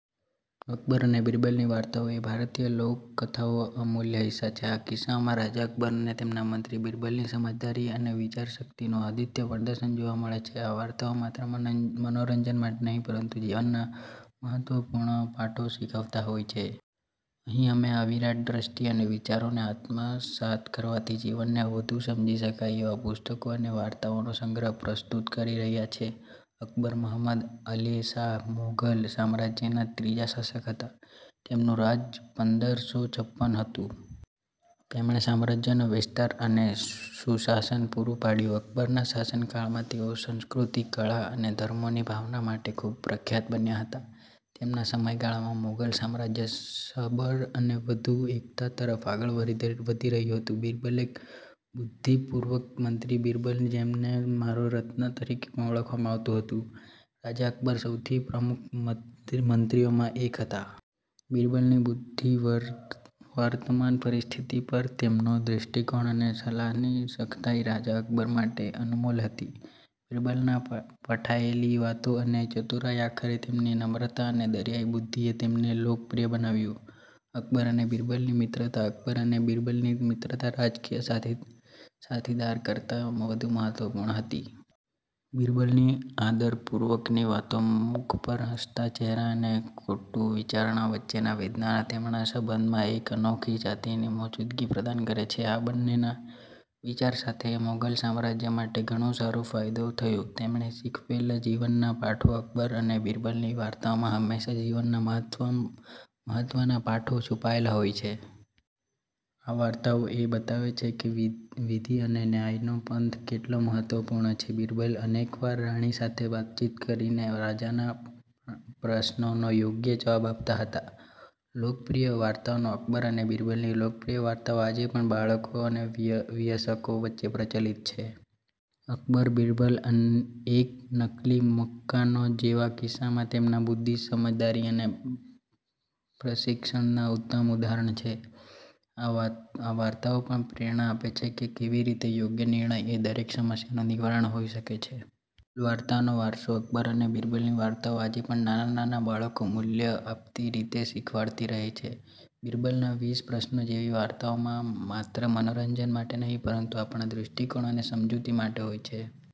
અકબર અને બીરબલની વાર્તાઓ એ ભારતીય લોકકથાઓના અમૂલ્ય હિસ્સા છે. આ કિસ્સાઓમાં રાજા અકબર અને તેમના મંત્રી બીરબલની સમજદારી અને વિચારશક્તિનું અદ્વિતીય પ્રદર્શન જોવા મળે છે. આ વાર્તાઓ માત્ર મનોરંજન માટે નહિ, પરંતુ જીવનના મહત્વપૂર્ણ પાઠો શીખવતા હોય છે. અહીં અમે આ વિરાટ દ્રષ્ટિ અને વિચારોને આત્મસાત કરવાથી જીવનને વધુ સમજી શકાય એવા પુસ્તકો અને વાર્તાઓનો સંગ્રહ પ્રસ્તુત કરી રહ્યા છે. અકબર, મહમદ અલીશાહ મૌધલ, સામ્રાજ્યના ત્રીજા શાસક હતા. તેમનું રાજ પંદર સો છપ્પન હતું। તેમણે સામ્રાજ્યનો વિસ્તાર અને સુશાસન પૂરું પાડ્યું. અકબરના શાસનકાળમાં તેઓ સંસ્કૃતિ, કળા અને ધર્મોની ભાવના માટે ખુબ પ્રખ્યાત બન્યા હતા. તેમના સમયગાળામાં મૌઘલ સામ્રાજ્ય સબળ અને વધુ એકતા તરફ આગળ વધી ગયું. બીરબલ: એક બુદ્ધિપ્રતિષ્ઠ મંત્રી બીરબલ, જેમને મારો રત્ન તરીકે પણ ઓળખવામાં આવતું હતું, રાજા અકબરના સૌથી પ્રમુખ મંત્રી માં એક હતા. બીરબલની બુદ્ધિ, વરતમાન પરિસ્થિતિ પર તેમનો દ્રષ્ટિકોણ અને સલાહની સખતાઈ રાજા અકબર માટે અનમોલ હતી. બીરબલના પઠાયેલી વાતો અને ચતુરાઈ આખરે તેમની નમ્રતા અને દરિયાઈ બુદ્ધિએ તેમને લોકપ્રિય બનાવ્યું. અકબર અને બીરબલની મિત્રતા અકબર અને બીરબલની મિત્રતા રાજકીય સાથીદારી કરતા વધુ મહત્વપૂર્ણ હતી. બીરબલની આદરપૂર્વકની વાતો, મુખ પર હસતા ચહેરા અને કટુ વિચારણા વચ્ચેના વિવાદો તેમના સંબંધોમાં એક અનોખી જાતની મૌજૂદગી પ્રદાન કરે છે. આ બંનેના વિચાર સાથે મૌઘલ સામ્રાજ્ય માટે ઘણું સારું ફાયદો થયું. તેમણે શીખવેલા જીવનના પાઠો અકબર અને બીરબલની વાર્તાઓમાં હંમેશા જીવનના મહત્વના પાઠો છુપાયેલા હોય છે. આ વાર્તાઓ એ બતાવે છે કે વિધિ અને ન્યાયનો પંથ કેટલો મહત્વપૂર્ણ છે. બીરબલ અનેક વાર રાણી સાથે વાતચીત કરીને રાજાના પ્રશ્નોનો યોગ્ય જવાબ આપતા હતા. લોકપ્રિય વાર્તાઓ અકબર અને બીરબલની લોકપ્રિય વાર્તાઓ આજે પણ બાળકો અને વયસ્કો વચ્ચે પ્રચલિત છે. અકબર-બીરબલ અને એક નકલી મકાનો જેવા કિસ્સાઓ તેમના બુદ્ધિ, સમજદારી અને પ્રશિક્ષણના ઉત્તમ ઉદાહરણ છે. આ વાર્તાઓ પણ પ્રેરણા આપે છે કે કેવી રીતે યોગ્ય નિર્ણય એ દરેક સમસ્યાનું નિવારણ હોઈ શકે છે. અનમોલ વાર્તાઓનો વારસો અકબર અને બીરબલની વાર્તાઓ આજે પણ નાનાં નાનાં બાળકોને મૂલ્ય આપતી રીતે શીખવાડતી રહે છે. "બીરબલના વીસ પ્રશ્નો" જેવી વાર્તાઓ માત્ર મનોરંજન માટે નહિ પરંતુ આપણા દૃષ્ટિકોણ અને સમજૂતી માટે હોય છે